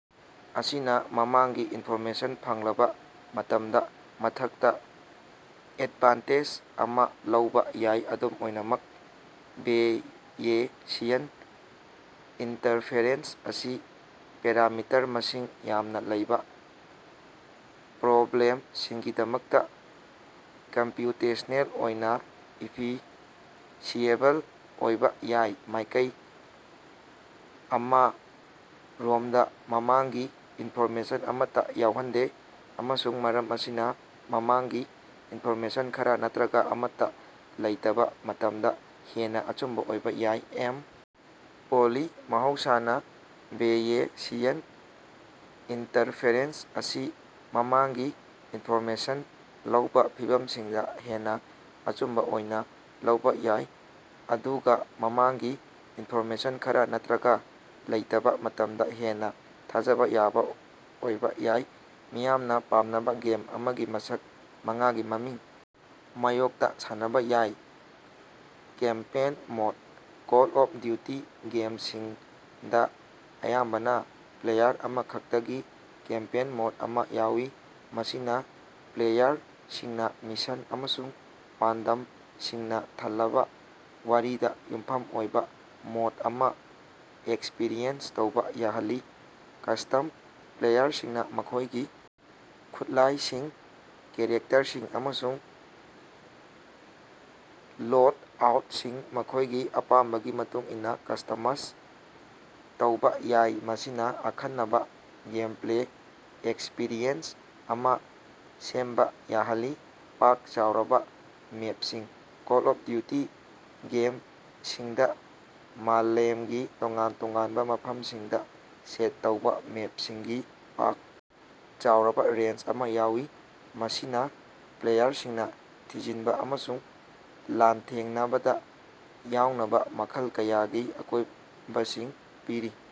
ꯑꯁꯤꯅꯥ ꯃꯃꯥꯡꯒꯤ ꯏꯟꯐꯣꯔꯃꯦꯁꯟ ꯐꯪꯂꯕꯥ ꯃꯇꯝꯗꯥ ꯃꯊꯛꯇꯥ ꯑꯦꯗꯚꯥꯟꯇꯦꯖ ꯑꯃꯥ ꯂꯩꯕꯥ ꯌꯥꯏ꯫ ꯑꯗꯨꯝ ꯑꯣꯏꯅꯃꯛ ꯕꯦꯌꯦꯁꯤꯌꯟ ꯏꯟꯇꯔꯐꯦꯔꯦꯟꯁ ꯑꯁꯤ ꯄꯦꯔꯥꯃꯤꯇꯔ ꯃꯁꯤꯡ ꯌꯥꯝꯅꯥ ꯂꯩꯕꯥ ꯄ꯭ꯔꯣꯕ꯭ꯂꯦꯝꯁꯤꯡꯒꯤꯗꯃꯛꯇꯥ ꯀꯝꯄ꯭ꯌꯨꯇꯦꯁꯅꯦꯜ ꯑꯣꯏꯅꯥ ꯏꯐꯤꯁꯤꯑꯦꯕꯜ ꯑꯣꯏꯕꯥ ꯌꯥꯏ꯫ ꯃꯥꯢꯀꯩ ꯑꯃꯔꯣꯃꯗꯥ, ꯃꯃꯥꯡꯒꯤ ꯏꯟꯐꯣꯔꯃꯦꯁꯟ ꯑꯃꯠꯇꯥ ꯌꯥꯎꯍꯟꯗꯦ ꯑꯃꯁꯨꯡ ꯃꯔꯝ ꯑꯁꯤꯅꯥ ꯃꯃꯥꯡꯒꯤ ꯏꯟꯐꯣꯔꯃꯦꯁꯟ ꯈꯔꯥ ꯅꯠꯇ꯭ꯔꯒꯥ ꯑꯃꯠꯇꯥ ꯂꯩꯇꯕꯥ ꯃꯇꯝꯗꯥ ꯍꯦꯟꯅꯥ ꯑꯆꯨꯝꯕꯥ ꯑꯣꯏꯕꯥ ꯌꯥꯏ꯫ ꯑꯦꯝ. ꯄꯣꯜꯂꯤ꯫ ꯃꯍꯧꯁꯥꯅꯥ, ꯕꯦꯌꯦꯁꯤꯌꯟ ꯏꯟꯇꯔꯐꯦꯔꯦꯟꯁ ꯑꯁꯤ ꯃꯃꯥꯡꯒꯤ ꯏꯟꯐꯣꯔꯃꯦꯁꯟ ꯂꯩꯕꯥ ꯐꯤꯚꯝꯁꯤꯡꯗꯥ ꯍꯦꯟꯅꯥ ꯑꯆꯨꯝꯕꯥ ꯑꯣꯏꯅꯥ ꯂꯧꯕꯥ ꯌꯥꯏ, ꯑꯗꯨꯒꯥ ꯃꯃꯥꯡꯒꯤ ꯏꯟꯐꯣꯔꯃꯦꯁꯟ ꯈꯔꯥ ꯅꯠꯇ꯭ꯔꯒꯥ ꯂꯩꯇꯕꯥ ꯃꯇꯝꯗꯥ ꯍꯦꯟꯅꯥ ꯊꯥꯖꯕꯥ ꯌꯥꯕꯥ ꯑꯣꯏꯕꯥ ꯌꯥꯏ꯫ ꯃꯤꯌꯥꯝꯅꯥ ꯄꯥꯝꯅꯕꯥ ꯒꯦꯝ ꯑꯃꯒꯤ ꯃꯁꯛ ꯃꯉꯥꯒꯤ ꯃꯃꯤꯡ ꯃꯥꯌꯣꯛꯇꯥ ꯁꯥꯟꯅꯕꯥ ꯌꯥꯏ꯫ Campaign mode: Call of Duty ꯒꯦꯝꯁꯤꯡꯗꯥ ꯑꯌꯥꯝꯕꯅꯥ ꯄ꯭ꯂꯦꯌꯔ ꯑꯃꯈꯛꯇꯒꯤ ꯀꯦꯝꯄꯦꯟ ꯃꯣꯗ ꯑꯃꯥ ꯌꯥꯎꯏ, ꯃꯁꯤꯅꯥ ꯄ꯭ꯂꯦꯌꯔꯁꯤꯡꯅꯥ ꯃꯤꯁꯟ ꯑꯃꯁꯨꯡ ꯄꯥꯟꯗꯝꯁꯤꯡꯅꯥ ꯊꯜꯂꯕꯥ ꯋꯥꯔꯤꯗꯥ ꯌꯨꯝꯐꯝ ꯑꯣꯏꯕꯥ ꯃꯣꯗ ꯑꯃꯥ ꯑꯦꯛꯁꯄ꯭ꯔꯤꯌꯦꯟꯁ ꯇꯧꯕꯥ ꯌꯥꯍꯜꯂꯤ꯫ ꯀꯁꯇꯝ: ꯄ꯭ꯂꯦꯌꯔꯁꯤꯡꯅꯥ ꯃꯈꯣꯢꯒꯤ ꯈꯨꯠꯂꯥꯏꯁꯤꯡ, ꯀꯦꯔꯦꯛꯇꯔꯁꯤꯡ ꯑꯃꯁꯨꯡ ꯂꯣꯗꯑꯥꯎꯇꯁꯤꯡ ꯃꯈꯣꯢꯒꯤ ꯑꯄꯥꯝꯕꯒꯤ ꯃꯇꯨꯡ ꯏꯟꯅꯥ ꯀꯁ꯭ꯇꯃꯁ ꯇꯧꯕꯥ ꯌꯥꯏ, ꯃꯁꯤꯅꯥ ꯑꯈꯟꯅꯕꯥ ꯒꯦꯝꯄ꯭ꯂꯦ ꯑꯦꯛꯁꯄꯤꯔꯤꯑꯦꯟꯁ ꯑꯃꯥ ꯁꯦꯝꯕꯥ ꯌꯥꯍꯜꯂꯤ꯫ ꯄꯥꯛ ꯆꯥꯎꯔꯕꯥ ꯃꯦꯞꯁꯤꯡ: ꯀꯣꯜ ꯑꯣꯐ ꯗ꯭ꯌꯨꯇꯤ ꯒꯦꯝꯁꯤꯡꯗꯥ ꯃꯥꯂꯦꯝꯒꯤ ꯇꯣꯉꯥꯟ ꯇꯣꯉꯥꯟꯕꯥ ꯃꯐꯝꯁꯤꯡꯗꯥ ꯁꯦꯠ ꯇꯧꯕꯥ ꯃꯦꯞꯁꯤꯡꯒꯤ ꯄꯥꯛ ꯆꯥꯎꯔꯕꯥ ꯔꯦꯟꯖ ꯑꯃꯥ ꯌꯥꯎꯏ, ꯃꯁꯤꯅꯥ ꯄ꯭ꯂꯦꯌꯔꯁꯤꯡꯅꯥ ꯊꯤꯖꯤꯟꯕꯥ ꯑꯃꯁꯨꯡ ꯂꯥꯟꯊꯦꯡꯅꯕꯗꯥ ꯌꯥꯎꯅꯕꯥ ꯃꯈꯜ ꯀꯌꯥꯒꯤ ꯑꯀꯣꯢꯕꯁꯤꯡ ꯄꯤꯔꯤ꯫